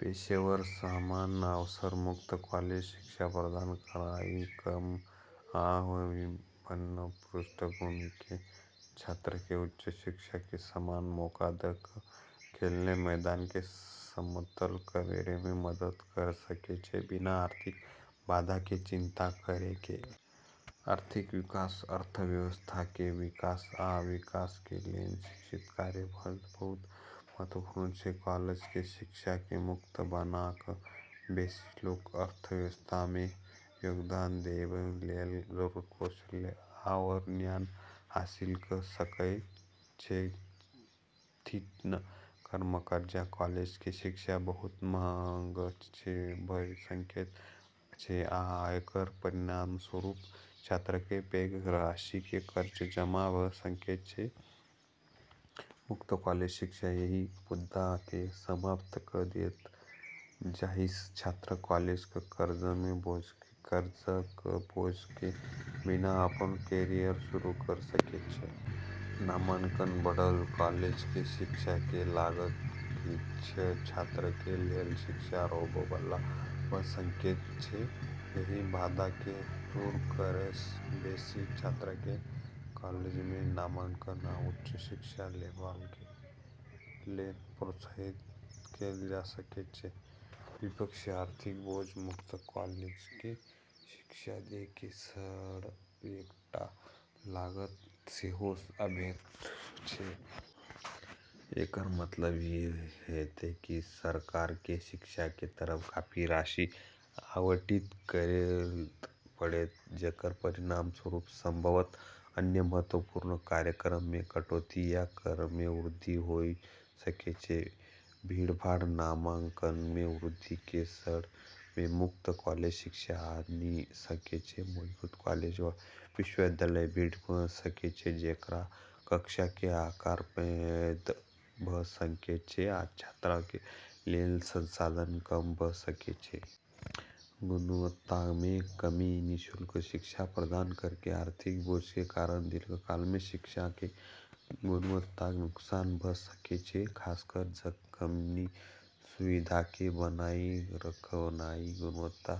पेशेवर: समान अवसर: मुफ्त कॉलेज शिक्षा प्रदान करनाइ कम आय आ विपन्न पृष्ठभूमिके छात्रके उच्च शिक्षाके समान मौका द' क' खेलके मैदानके समतल करैमे मदद करि सकै छै, बिना आर्थिक बाधाके चिंता करैके। आर्थिक विकास: अर्थव्यवस्थाके विकास आ विकासके लेल शिक्षित कार्यबल बहुत महत्वपूर्ण छै। कॉलेजके शिक्षाके मुफ्त बना क' बेशी लोक अर्थव्यवस्थामे योगदान देबय लेल जरूरी कौशल आओर ज्ञान हासिल क' सकय छथिन्ह। कम कर्जा: कॉलेजके शिक्षा बहुत महग भ' सकैत अछि आ एकर परिणामस्वरूप छात्रके पैघ राशिके कर्ज जमा भ' सकैत अछि मुफ्त कॉलेज शिक्षा एहि मुद्दाके समाप्त क' देत, जाहिसँ छात्र कॉलेज क' कर्जक बोझके बिना अपन कैरियर शुरू क' सकैत छथि। नामांकन बढ़ल: कॉलेजके शिक्षाके लागत किछ छात्रके लेल शिक्षा रोकैबला भ' सकैत अछि। एहि बाधाके दूर करैसँ बेशी छात्रके कॉलेजमे नामांकन आ उच्च शिक्षा लेबाके लेल प्रोत्साहित कैल जा सकै छै। विपक्ष: आर्थिक बोझ: मुफ्त कॉलेजके शिक्षा दैके सङ्ग एकटा लागत सेहो अबैत अछि। एकर मतलब ई हेतै कि सरकारके शिक्षाके तरफ काफी राशि आवंटित करै ल' पड़तै, जेकर परिणामस्वरूप संभवतः अन्य महत्वपूर्ण कार्यक्रममे कटौती या करमे वृद्धि होइ सकै छै। भीड़भाड़: नामांकनमे वृद्धिके सङ्ग जे मुफ्त कॉलेज शिक्षा आनि सकै छै, मौजूदा कॉलेज आ विश्वविद्यालयमे भीड़ भ' सकै छै, जेकरासँ कक्षाके आकार पैघ भ' सकै छै आ छात्रके लेल संसाधन कम भ' सकै छै। गुणवत्तामे कमी: निःशुल्क शिक्षा प्रदान करैके आर्थिक बोझके कारण दीर्घकालमे शिक्षाके गुणवत्ताके नुकसान भ' सकै छै, खासकर जखनि सुविधाके बनाइ रखनाइ, गुणवत्ता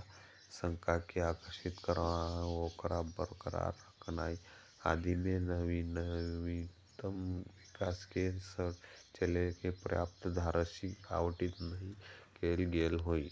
संकायके आकर्षित करनाइ आ ओकरा बरकरार रखनाइ आदिमे नवीनतम विकासके सङ्ग चलैके लेल पर्याप्त धनराशि आवंटित नहि कैल गेल होइ।